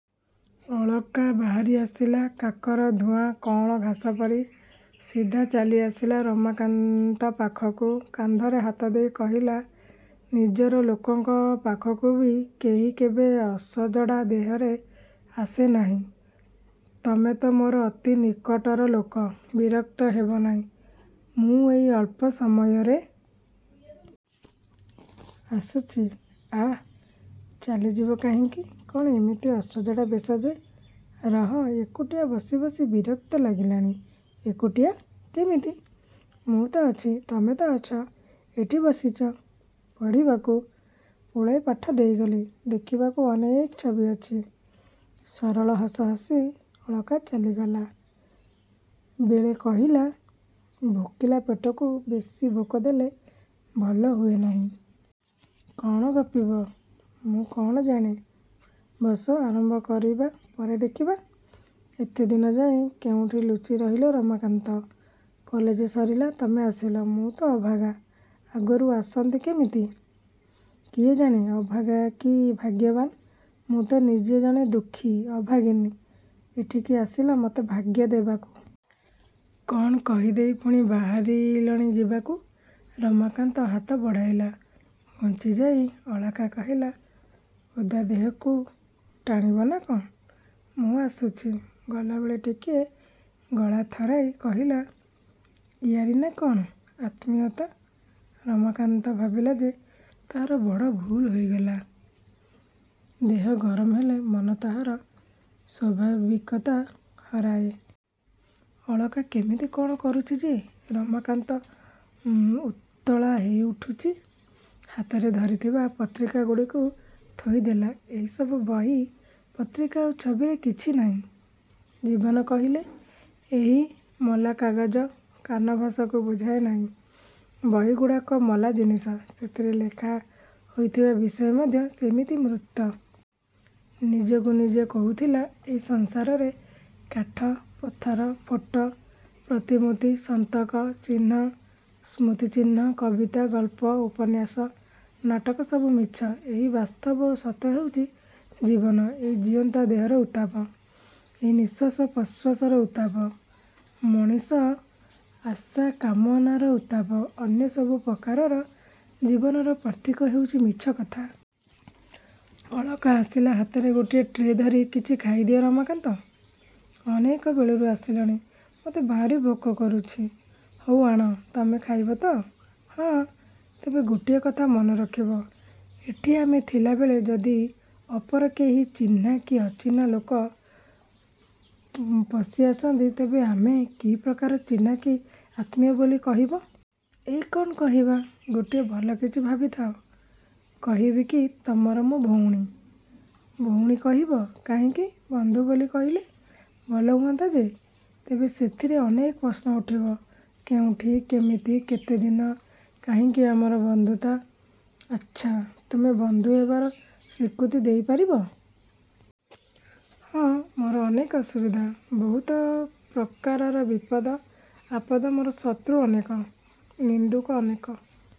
ଅଳକା ବାହାରି ଆସିଲା–କାକର–ଧୂଆ କଅଁଳ ଘାସପରି। ସିଧା ଚାଲିଆସିଲା ରମାକାନ୍ତ ପାଖକୁ। କାନ୍ଧରେ ହାତ ଦେଇ କହିଲା–ନିଜର ଲୋକଙ୍କ ପାଖକୁ ବି କେହି କେବେ ଅସଜଡ଼ା ଦେହରେ ଆସେ ନାହିଁ। ତମେ ତ ମୋର ଅତି ନିକଟର ଲୋକ।... ବିରକ୍ତ ହେବନାହିଁ।... ମୁଁ ଏଇ ଅଳ୍ପ ସମୟରେ। ଆସୁଛି।... ଆଃ, ଚାଲିଯିବ କାହିଁକି? କ'ଣ ଏମିତି ଅସଜଡ଼ା ବେଶ ଯେ। ରହ–ଏକୁଟିଆ ବସି ବସି ବିରକ୍ତ ଲାଗିଲାଣି। –ଏକୁଟିଆ? କେମିତି? ମୁଁ ତ ଅଛି। ତମେ ତ ଅଛ। ଏଠି ବସିଛ–ପଢ଼ିବାକୁ ପୁଳାଏ ପାଠ ଦେଇଗଲି। ଦେଖିବାକୁ ଅନେକ ଛବି ଅଛି। ସରଳ ହସ ହସି ଅଳକା ଚାଲିଗଲା ବେଳେ କହିଲା–ଭୋକିଲା ପେଟକୁ ବେଶି ଭୋକ ଦେଲେ ଭଲ ହୁଏ ନାହିଁ। –କ'ଣ ଗପିବ? –ମୁଁ କ'ଣ ଜାଣେ? ବସ–ଆରମ୍ଭ କରିବା ପରେ ଦେଖିବା। –ଏତେଦିନ ଯାଏ କେଉଁଠି ଲୁଚି ରହିଲ ରମାକାନ୍ତ? କଲେଜ ସରିଲା ତମେ ଆସିଲ। –ମୁଁ ତ ଅଭାଗା। ଆଗରୁ ଆସନ୍ତି କେମିତି? –କିଏ ଜାଣେ ଅଭାଗା କି ଭାଗ୍ୟବାନ୍। ମୁଁ ତ ନିଜେ ଜଣେ ଦୁଃଖୀ, ଅଭାଗିନୀ–ଏଠିକି ଆସିଲ ମତେ ଭାଗ୍ୟ ଦବାକୁ। –କ'ଣ କହିଦେଇ ପୁଣି ବାହାରିଲଣି ଯିବାକୁ। –ରମାକାନ୍ତ ହାତ ବଢ଼ାଇଲା। ଘୁଞ୍ଚିଯାଇ ଅଳକା କହିଲା–ଓଦା ଦେହକୁ ଟାଣିବ ନା କ'ଣ?... ମୁଁ ଆସୁଛି।... ଗଲାବେଳେ ଟିକିଏ ଗଳା ଥରାଇ କହିଲା–ଇଆରି ନା' କ'ଣ ଆତ୍ମୀୟତା? ରମାକାନ୍ତ ଭାବିଲା ଯେ ତାହାର ବଡ଼ ଭୁଲ୍ ହୋଇଗଲା। ଦେହ ଗରମ ହେଲେ ମନ ତାହାର ସ୍ୱାଭାବିକତା ହରାଏ। ଅଳକା କେମିତି କ'ଣ କରୁଛି ଯେ ରମାକାନ୍ତ ଉତ୍ତାଳା ହେଇ ଉଠୁଛି-। ହାତରେ ଧରିଥିବା ପତ୍ରିକାଗୁଡ଼ିକୁ ଥୋଇ ଦେଲା–ଏଇସବୁ ବହି ପତ୍ରିକା ଓ ଛବିରେ କିଛି ନାହିଁ। ଜୀବନ କହିଲେ ଏହି ମଲାକାଗଜ କାନଭାସକୁ ବୁଝାଏ ନାହିଁ। ବହିଗୁଡ଼ାକ ମଲା ଜିନିଷ। ସେଥିରେ ଲେଖା ହୋଇଥିବା ବିଷୟ ମଧ୍ୟ ସେମିତି ମୃତ। ନିଜକୁ ନିଜେ କହୁଥିଲା–ଏଇ ସଂସାରରେ କାଠ, ପଥର, ଫଟୋ, ପ୍ରତିମୂର୍ତ୍ତି, ସନ୍ତକ, ଚିହ୍ନ, ସ୍ମୃତିଚିହ୍ନ–କବିତା, ଗଳ୍ପ, ଉପନ୍ୟାସ, ନାଟକ–ସବୁ ମିଛ। ଏଠି ବାସ୍ତବ ଓ ସତ ହେଉଛି ଜୀବନ–ଏଇ ଜୀଅନ୍ତା ଦେହର ଉତ୍ତାପ। ଏହି ନିଶ୍ୱାସ ପ୍ରଶ୍ୱାସର ଉତ୍ତାପ। ମଣିଷର ଆଶା, କାମନାର ଉତ୍ତାପ। ଅନ୍ୟ ସବୁ ପ୍ରକାରର ଜୀବନର ପ୍ରତୀକ ହେଉଛି ମିଛ କଥା। ଅଳକା ଆସିଲା ହାତରେ ଗୋଟିଏ ଟ୍ରେ ଧରି–କିଛି ଖାଇଦିଅ ରମାକାନ୍ତ, ଅନେକ ବେଳରୁ ଆସିଲଣି–ମତେ ଭାରି ଭୋକ କରୁଛି। –ହଉ। ଆଣ। ତମେ ଖାଇବ ତ। –ହଁ। ତେବେ ଗୋଟିଏ କଥା ମନେ ରଖିବ। ଏଠି ଆମେ ଥିଲାବେଳେ ଯଦି ଅପର କେହି ଚିହ୍ନା କି ଅଚିହ୍ନା ଲୋକ ପଶିଆସନ୍ତି ତେବେ ଆମେ କି ପ୍ରକାର ଚିହ୍ନା କି ଆତ୍ମୀୟ ବୋଲି କହିବ? –ଏଁ? କ'ଣ କହିବା? –ଗୋଟାଏ ଭଲ କିଛି ଭାବିଥାଅ।... କହିବି କି ତମର ମୁଁ ଭଉଣୀ? –ଭଉଣୀ କହିବ? –କାହିଁକି ବନ୍ଧୁ ବୋଲି କହିଲେ? –ଭଲ ହୁଅନ୍ତା ଯେ। ତେବେ ସେଥିରେ ଅନେକ ପ୍ରଶ୍ନ ଉଠିବ–କେଉଁଠି, କେମିତି, କେତେଦିନ, କାହିଁକି ଆମର ବନ୍ଧୁତା?... ଆଚ୍ଛା ତୁମେ ବନ୍ଧୁ ହେବାର ସ୍ୱୀକୃତି ଦେଇପାରିବ? –ହଁ। –ମୋର ଅନେକ ଅସୁବିଧା। ବହୁତ ପ୍ରକାରର ବିପଦ–ଆପଦ ମୋର ଶତ୍ରୁ ଅନେକ। ନିନ୍ଦୁକ ଅନେକ।